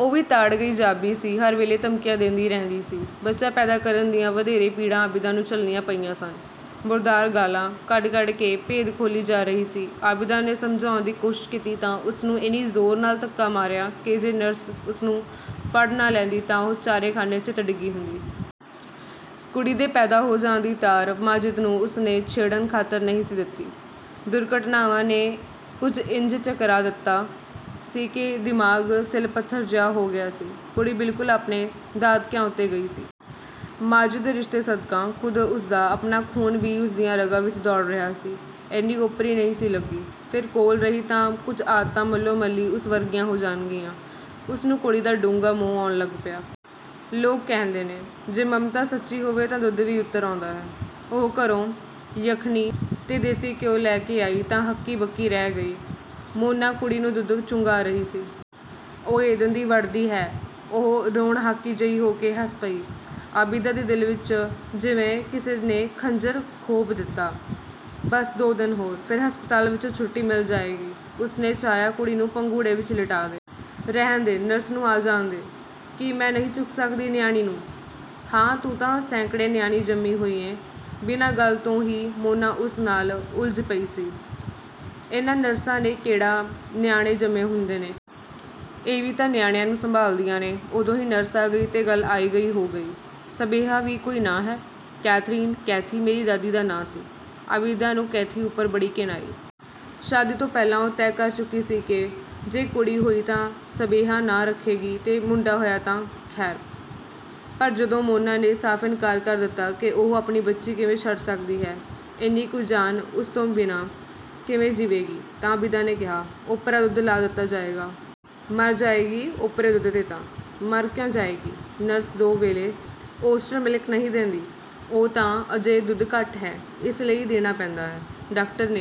ਉਹ ਵੀ ਤਾੜ ਗਈ ਜਾਪਦੀ ਸੀ, ਹਰ ਵੇਲੇ ਧਮਕੀਆਂ ਦੇਂਦੀ ਰਹਿੰਦੀ ਸੀ। ਬੱਚਾ ਪੈਦਾ ਕਰਨ ਦੀਆਂ ਵਧੇਰੇ ਪੀੜਾਂ ਆਬਿਦਾ ਨੂੰ ਝੱਲਣੀਆਂ ਪਈਆਂ ਸਨ। ਮੁਰਦਾਰ ਗਾਲ੍ਹਾਂ ਕੱਢ-ਕੱਢ ਕੇ ਭੇਦ ਖੋਲ੍ਹੀ ਜਾ ਰਹੀ ਸੀ। ਆਬਿਦਾ ਨੇ ਸਮਝਾਉਣ ਦੀ ਕੋਸ਼ਿਸ਼ ਕੀਤੀ ਤਾਂ ਉਸਨੂੰ ਇੰਨੇ ਜ਼ੋਰ ਨਾਲ ਧੱਕਾ ਮਾਰਿਆ ਕਿ ਜੇ ਨਰਸ ਉਸਨੂੰ ਫੜ ਨਾ ਲੈਂਦੀ ਤਾਂ ਉਹ ਚਾਰੇ ਖਾਨੇ ਚਿੱਤ ਡਿੱਗੀ ਹੁੰਦੀ। ਕੁੜੀ ਦੇ ਪੈਦਾ ਹੋ ਜਾਣ ਦੀ ਤਾਰ ਮਾਜਿਦ ਨੂੰ ਉਸਨੇ ਛੇੜਣ ਖਾਤਰ ਨਹੀਂ ਸੀ ਦਿੱਤੀ। ਦੁਰ-ਘਟਨਾਵਾਂ ਨੇ ਕੁਝ ਇੰਜ ਚਕਰਾ ਦਿੱਤਾ ਸੀ ਕਿ ਦਿਮਾਗ਼ ਸਿਲ-ਪੱਥਰ ਜਿਹਾ ਹੋ ਗਿਆ ਸੀ। ਕੁੜੀ ਬਿਲਕੁਲ ਆਪਣੇ ਦਾਦਕਿਆਂ ਉੱਤੇ ਗਈ ਸੀ। ਮਾਜਿਦ ਦੇ ਰਿਸ਼ਤੇ ਸਦਕਾ ਖ਼ੁਦ ਉਸਦਾ ਆਪਣਾ ਖੂਨ ਵੀ ਉਸਦੀਆਂ ਰਗਾਂ ਵਿੱਚ ਦੌੜ ਰਿਹਾ ਸੀ, ਇੰਨੀ ਓਪਰੀ ਨਹੀਂ ਸੀ ਲੱਗੀ। ਫਿਰ ਕੋਲ ਰਹੀ ਤਾਂ ਕੁਝ ਆਦਤਾਂ ਮੱਲੋ-ਮੱਲੀ ਉਸ ਵਰਗੀਆਂ ਹੋ ਜਾਣਗੀਆਂ। ਉਸਨੂੰ ਕੁੜੀ ਦਾ ਡੂੰਘਾ ਮੋਹ ਆਉਣ ਲੱਗ ਪਿਆ। ਲੋਕ ਕਹਿੰਦੇ ਨੇ, 'ਜੇ ਮਮਤਾ ਸੱਚੀ ਹੋਵੇ ਤਾਂ ਦੁੱਧ ਵੀ ਉਤਰ ਆਉਂਦਾ ਹੈ!' ਉਹ ਘਰੋਂ ਯਖਨੀ ਤੇ ਦੇਸੀ ਘਿਓ ਲੈ ਕੇ ਆਈ ਤਾਂ ਹੱਕੀ-ਬੱਕੀ ਰਹਿ ਗਈ! ਮੋਨਾ ਕੁੜੀ ਨੂੰ ਦੁੱਧ ਚੁੰਘਾ ਰਹੀ ਸੀ! "ਉਈ, ਦੰਦੀ ਵੱਢਦੀ ਹੈ!" ਉਹ ਰੋਣਹਾਕੀ ਜਿਹੀ ਹੋ ਕੇ ਹੱਸ ਪਈ। ਆਬਿਦਾ ਦੇ ਦਿਲ ਵਿੱਚ ਜਿਵੇਂ ਕਿਸੇ ਨੇ ਖੰਜਰ ਖੋਭ ਦਿੱਤਾ। ਬੱਸ ਦੋ ਦਿਨ ਹੋਰ, ਫਿਰ ਹਸਪਤਾਲ ਵਿੱਚੋਂ ਛੁੱਟੀ ਮਿਲ ਜਾਏਗੀ। ਉਸਨੇ ਚਾਹਿਆ ਕੁੜੀ ਨੂੰ ਪੰਘੂੜੇ ਵਿੱਚ ਲਿਟਾ ਦੇ। "ਰਹਿਣ ਦੇ, ਨਰਸ ਨੂੰ ਆ ਜਾਣ ਦੇ--" "ਕੀ ਮੈਂ ਨਹੀਂ ਚੁੱਕ ਸਕਦੀ ਨਿਆਣੀ ਨੂੰ?" "ਹਾਂ, ਤੂੰ ਤਾਂ ਸੈਂਕੜੇ ਨਿਆਣੇ ਜੰਮੇ ਹੋਏ ਨੇ--" ਬਿਨਾਂ ਗੱਲ ਤੋਂ ਹੀ ਮੋਨਾ ਉਸ ਨਾਲ ਉਲਝ ਪਈ ਸੀ।"ਇਹਨਾਂ ਨਰਸਾਂ ਨੇ ਕਿਹੜੇ ਨਿਆਣੇ ਜੰਮੇ ਹੁੰਦੇ ਨੇ? ਇਹ ਵੀ ਤਾਂ ਨਿਆਣਿਆਂ ਨੂੰ ਸੰਭਾਲਦੀਆਂ ਨੇ।" ਉਦੋਂ ਹੀ ਨਰਸ ਆ ਗਈ ਤੇ ਗੱਲ ਆਈ-ਗਈ ਹੋ ਗਈ। "ਸਬਿਹਾ ਵੀ ਕੋਈ ਨਾਂ ਹੈ! ਕੈਥਰੀਨ, ਕੈਥੀ ਮੇਰੀ ਮਾਂ ਦਾ ਨਾਂ ਸੀ।" ਆਬਿਦਾ ਨੂੰ ਕੈਥੀ ਉੱਪਰ ਬੜੀ ਘਿਣ ਆਈ। ਸ਼ਾਦੀ ਤੋਂ ਪਹਿਲਾਂ ਉਹ ਤੈਅ ਕਰ ਚੁੱਕੀ ਸੀ ਕਿ ਜੇ ਕੁੜੀ ਹੋਈ ਤਾਂ ਸਬਿਹਾ ਨਾਂ ਰੱਖੇਗੀ ਤੇ ਮੁੰਡਾ ਹੋਇਆ ਤਾਂ; ਖ਼ੈਰ। ਪਰ ਜਦੋਂ ਮੋਨਾ ਨੇ ਸਾਫ ਇਨਕਾਰ ਕਰ ਦਿੱਤਾ ਕਿ ਉਹ ਆਪਣੀ ਬੱਚੀ ਕਿਵੇਂ ਛੱਡ ਸਕਦੀ ਹੈ, ਇੰਨੀ ਕੁ ਜਾਨ ਉਸ ਦੇ ਬਿਨਾਂ ਕਿਵੇਂ ਜੀਵੇਗੀ ਤਾਂ ਆਬਿਦਾ ਨੇ ਕਿਹਾ, "ਓਪਰਾ ਦੁੱਧ ਲਾ ਦਿੱਤਾ ਜਾਏਗਾ।" "ਮਰ ਜਾਏਗੀ, ਓਪਰੇ ਦੁੱਧ 'ਤੇ ਤਾਂ।" "ਮਰ ਕਿਉਂ ਜਾਏਗੀ, ਨਰਸ ਦੋ ਵੇਲੇ ਓਸਟਰ ਮਿਲਕ ਨਹੀਂ ਦੇਂਦੀ?" "ਉਹ ਤਾਂ ਅਜੇ ਦੁੱਧ ਘੱਟ ਹੈ, ਇਸ ਲਈ ਦੇਣਾ ਪੈਂਦਾ ਹੈ। ਡਾਕਟਰ ਨੇ